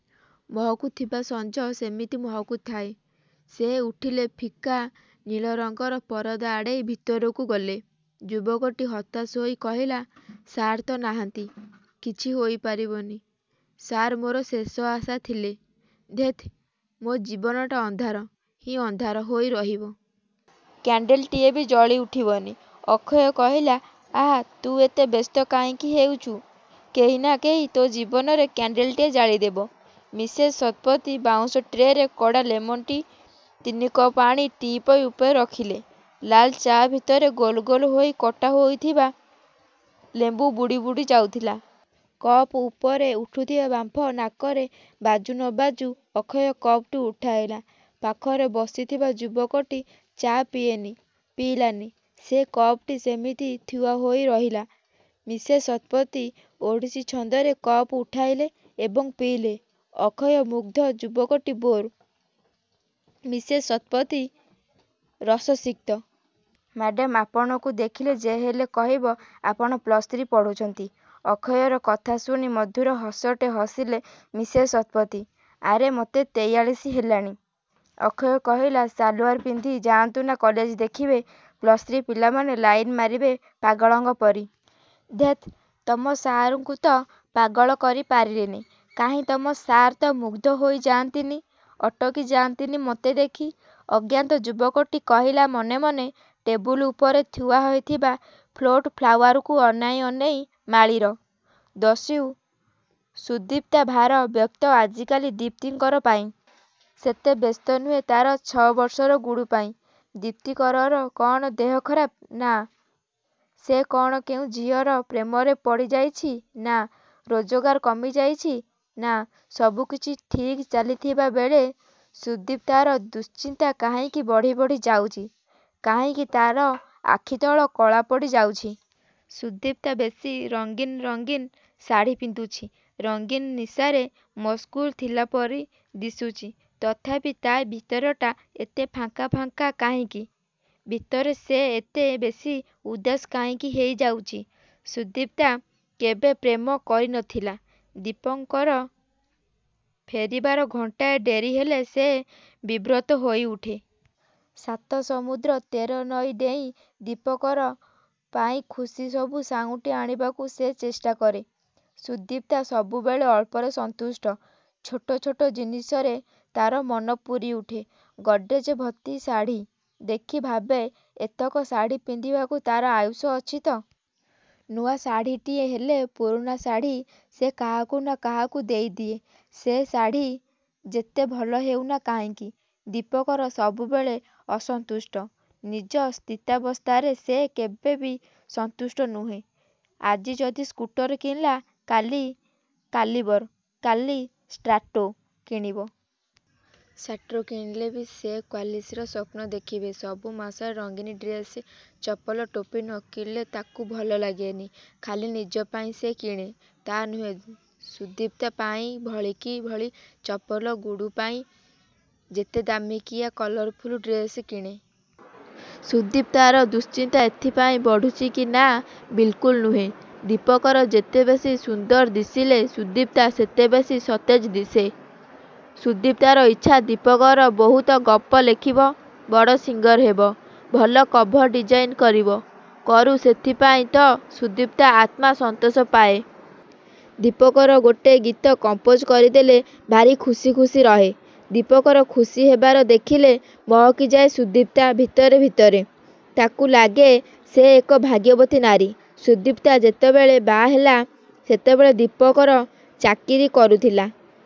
ମହକୁଥିବା ସଂଜ ସେମିତି ମହକୁ ଥାଉ। ସେ ଉଠିଲେ ଫିକା ନୀଳ ରଂଗର ପରଦା ଆଡ଼େଇ ଭିତରକୁ ଗଲେ। ଯୁବକଟି ହତାଶ ହୋଇ କହିଲା, ''ସାର୍ ତ ନାହାନ୍ତି କିଛି ହୋଇପାରିବନି। ସାର ମୋର ଶେଷ ଆଶା ଥିଲେ। ଧେତ୍ ମୋ ଜୀବନ ଅଂଧାର ହିଁ ଅଂଧାର ହୋଇ ରହିବ। କ୍ୟାଣ୍ଡେଲଟିଏ ବି ଜଳି ଉଠିବନି। ଅକ୍ଷୟ କହିଲା,''ଆଃ.. ତୁ ଏତେ ବ୍ୟସ୍ତ କାହିଁକି ହେଉଛୁ। କେହିନା କେହି ତୋ ଜୀବନରେ କ୍ୟାଣ୍ଡେଲଟିଏ ଜାଳି ଦେବ। ''ମିସେସ୍ ଶତପଥୀ ବାଉଁଶ ଟ୍ରେରେ କଡ଼ା ''ଲେମନ୍ ଟି' ତିନି କପ୍ ଆଣି ଟିପୟ ଉପରେ ରଖିଲେ। ଲାଲ ଚା' ଭିତରେ ଗୋଲ ଗୋଲ ହୋଇ କଟା ହୋଇଥିବା ଲେମ୍ବୁ ବୁଡ଼ି ବୁଡ଼ି ଯାଉଥିଲା। କପ ଉପରେ ଉଠୁଥିବା ବାମ୍ଫ ନାକରେ ବାଜୁ ନ ବାଜୁ, ଅକ୍ଷୟ କପଟି ଉଠାଇଲା। ପାଖରେ ବସିଥିବା ଯୁବକଟି ଚା' ପିଏନି, ପିଇଲାନି। ସେ କପ୍ଟି ସେମିତି ଥୁଆ ହୋଇ ରହିଲା। ମିସେସ୍ ଶତପଥୀ ଓଡ଼ିଶୀ ଛନ୍ଦରେ କପ୍ ଉଠାଇଲେ ଏବଂ ପିଇଲେ। ଅକ୍ଷୟ ମୁଗ୍ଧ, ଯୁବକଟି ବୋର୍, ମିସେସ୍ ଶତପଥୀ ରସସିକ୍ତ। ''ମାଡ଼ାମ୍! ଆପଣଙ୍କୁ ଦେଖିଲେ ଯେହେଲେ କହିବ ଆପଣ ପ୍ଲସ ଥ୍ରି ପଢ଼ୁଛନ୍ତି। '' ଅକ୍ଷୟର କଥା ଶୁଣି ମଧୁର ହସଟେ ହସିଲେ ମିସେସ୍ ଶତପଥୀ। ''ଆରେ, ମୋତେ ତେଇଆଳିଶ ହେଲାଣି। '' ଅକ୍ଷୟ କହିଲା, ''ସାଲୁଆର ପିନ୍ଧି ଯା'ନ୍ତୁନା କଲେଜ ଦେଖିବେ, ପ୍ଲସ୍ ଥ୍ରି ପିଲାମାନେ ଲାଇନ୍ ମାରିବେ ପାଗଳଙ୍କ ପରି। '' ''ଧେତ୍ ତମ ସାର୍ଙ୍କୁତ ପାଗଳ କରି ପାରିଲିନି? କାହିଁ ତମ ସାର୍ ତ ମୁଗ୍ଧ ହୋଇଯା'ନ୍ତିନି, ଅଟକି ଯା'ନ୍ତିନି ମୋତେ ଦେଖି? '' ଅଜ୍ଞାତ ଯୁବକଟି କହିଲା ମନେ ମନେ ଟେବୁଲ୍ ଉପରେ ଥୁଆ ହୋଇଥିବା ଫ୍ଲୋଟଂ ଫ୍ଲାୱାରକୁ ଅନାଇ ଅନାଇ, ''ମାଳିର। ଦସ୍ୟୁ ସୁଦିପ୍ତା ଭାରି ବ୍ୟସ୍ତ ଆଜିକାଲି ଦୀପଙ୍କର ପାଇଁ। ସେତେ ବ୍ୟସ୍ତ ନୁହଁ ତା'ର ଛ'ବର୍ଷର ଗୁଡୁ ପାଇଁ। ଦୀପଙ୍କରର କ'ଣ ଦେହ ଖରାପ? ନା...। ସେ କ'ଣ କେଉଁ ଝିଅର ପ୍ରେମରେ ପଡ଼ିଯାଇଛି...। ନା...। ରୋଜଗାର କମିଯାଇଛି...? ନା...। ସବୁକିଛି ଠିକ୍ ଚାଲିଥିଲାବେଳେ ସୁଦୀପ୍ତାର ଦୁଶ୍ଚିନ୍ତା କାହିଁକି ବଢ଼ି ବଢ଼ି ଯାଉଛି। କାହିଁକି ତା'ର ଆଖିତଳ କଳା ପଡ଼ିଯାଉଛି। ସୁଦିପ୍ତା ବେଶ୍ ରଙ୍ଗୀନ ରଙ୍ଗୀନ ଶାଢ଼ୀ ପିନ୍ଧୁଛି, ରଙ୍ଗୀନ ନିଶାରେ ମସଗୁଲ୍ ଥିଲାପରି ଦିଶୁଛି। ତଥାପି ତା' ଭିତରଟା ଏତେ ଫାଙ୍କା ଫାଙ୍କା କାହିଁକି? ଭିତରେ ସେ ଏତେ ବେଶୀ ଉଦାସ କାହିଁକି ହେଇଯାଉଛି। ସୁଦିପ୍ତା କେବେ ପ୍ରେମ କରିନଥିଲା। ଦୀପଙ୍କର ଫେରିବାର ଘଣ୍ଟାଏ ଡେରି ହେଲେ ସେ ବିବ୍ରତ ହୋଇଉଠେ। ସାତ ସମୁଦ୍ର ତେର ନଇଁ ଡେଇଁ ଦୀପକର ପାଇଁ ଖୁସି ସବୁ ସାଉଁଟି ଆଣିବାକୁ ସେ ଚେଷ୍ଟା କରେ। ସୁଦିପ୍ତା ସବୁବେଳେ ଅଳ୍ପରେ ସନ୍ତୁଷ୍ଟ, ଛୋଟ ଛୋଟ ଜିନିଷରେ ତା'ର ମନ ପୁରି ଉଠେ। ଗର୍ଡ଼େଜ୍ ଭର୍ତ୍ତି ଶାଢ଼ୀ ଦେଖି ଭାବେ ଏତକ ଶାଢ଼ୀ ପିନ୍ଧିବାକୁ ତା'ର ଆୟୁଷ ଅଛିତ? ନୂଆ ଶାଢ଼ୀଟିଏ ହେଲେ ପୁରୁଣା ଶାଢ଼ୀ ସେ କାହାକୁନା କାହାକୁ ଦେଇଦିଏ, ସେ ଶାଢ଼ୀ ଯେତେ ଭଲ ହେଉନା କାହିଁକି? ଦୀପଙ୍କର ସବୁବେଳେ ଅସନ୍ତୁଷ୍ଟ। ନିଜ ସ୍ଥିତାବସ୍ଥାରେ ସେ କେବେବି ସନ୍ତୁଷ୍ଟ ନୁହେଁ। ଆଜି ଯଦି ସ୍କୁଟର କିଣିଲା କାଲି କାଲିବର କାଲି ସାଣ୍ଟ୍ରୋ କିଣିବ? ସାଣ୍ଟ୍ରୋ କିଣିଲେ ବି ସେ କ୍ୱାଲିସର ସ୍ୱପ୍ନ ଦେଖିବ। ସବୁ ମାସରେ ରଙ୍ଗୀନ ଡ୍ରେସ, ଚପଲ, ଟୋପି ନ କିଣିଲେ ତାକୁ ଭଲ ଲାଗେନି। ଖାଲି ନିଜ ପାଇଁ ସେ କିଣେ ତା'ନୁହେଁ ସୁଦିପ୍ତା ପାଇଁ ଭଳିକି ଭଳି ଚପଲ ଗୁଡୁ ପାଇଁ ଯେତେ ଦାମିକିଆ କଲରଫୁଲ ଡ୍ରେସ କିଣେ। ସୁଦିପ୍ତାର ଦୁଶ୍ଚିନ୍ତା ଏଥିପାଇଁ ବଢ଼ୁଛି କି ନା ବିଲକୁଲ ନୁହେଁ। ଦୀପଙ୍କର ଯେତେବେଶୀ ସୁନ୍ଦର ଦିଶିଲେ ସୁଦିପ୍ତା ସେତେବେଶୀ ସତେଜ ଦିଶେ। ସୁଦିପ୍ତାର ଇଚ୍ଛା ଦୀପଙ୍କର ବହୁତ ଗପ ଲେଖିବ। ବଡ଼ ସିଙ୍ଗର ହେବ, ଭଲ କଭର ଡିଜାଇନ କରିବ। କରୁ ସେଥିପାଇଁ ତ ସୁଦିପ୍ତା ଆତ୍ମ ସନ୍ତୋଷ ପାଏ। ଦୀପଙ୍କର ଗୋଟେ ଗୀତ କମ୍ପୋଜ କରିଦେଲେ ଭାରି ଖୁସି ଖୁସି ରହେ। ଦୀପଙ୍କର ଖୁସି ହେବାର ଦେଖିଲେ ମହକିଯାଏ ସୁଦିପ୍ତା ଭିତରେ ଭିତରେ। ତାକୁ ଲାଗେ ସେ ଏକ ଭାଗ୍ୟବତୀ ନାରୀ। ସୁଦିପ୍ତା ଯେତେବେଳେ ବାହାହେଲା, ସେତେବେଳେ ଦୀପଙ୍କର ଚାକିରି କରୁଥିଲା।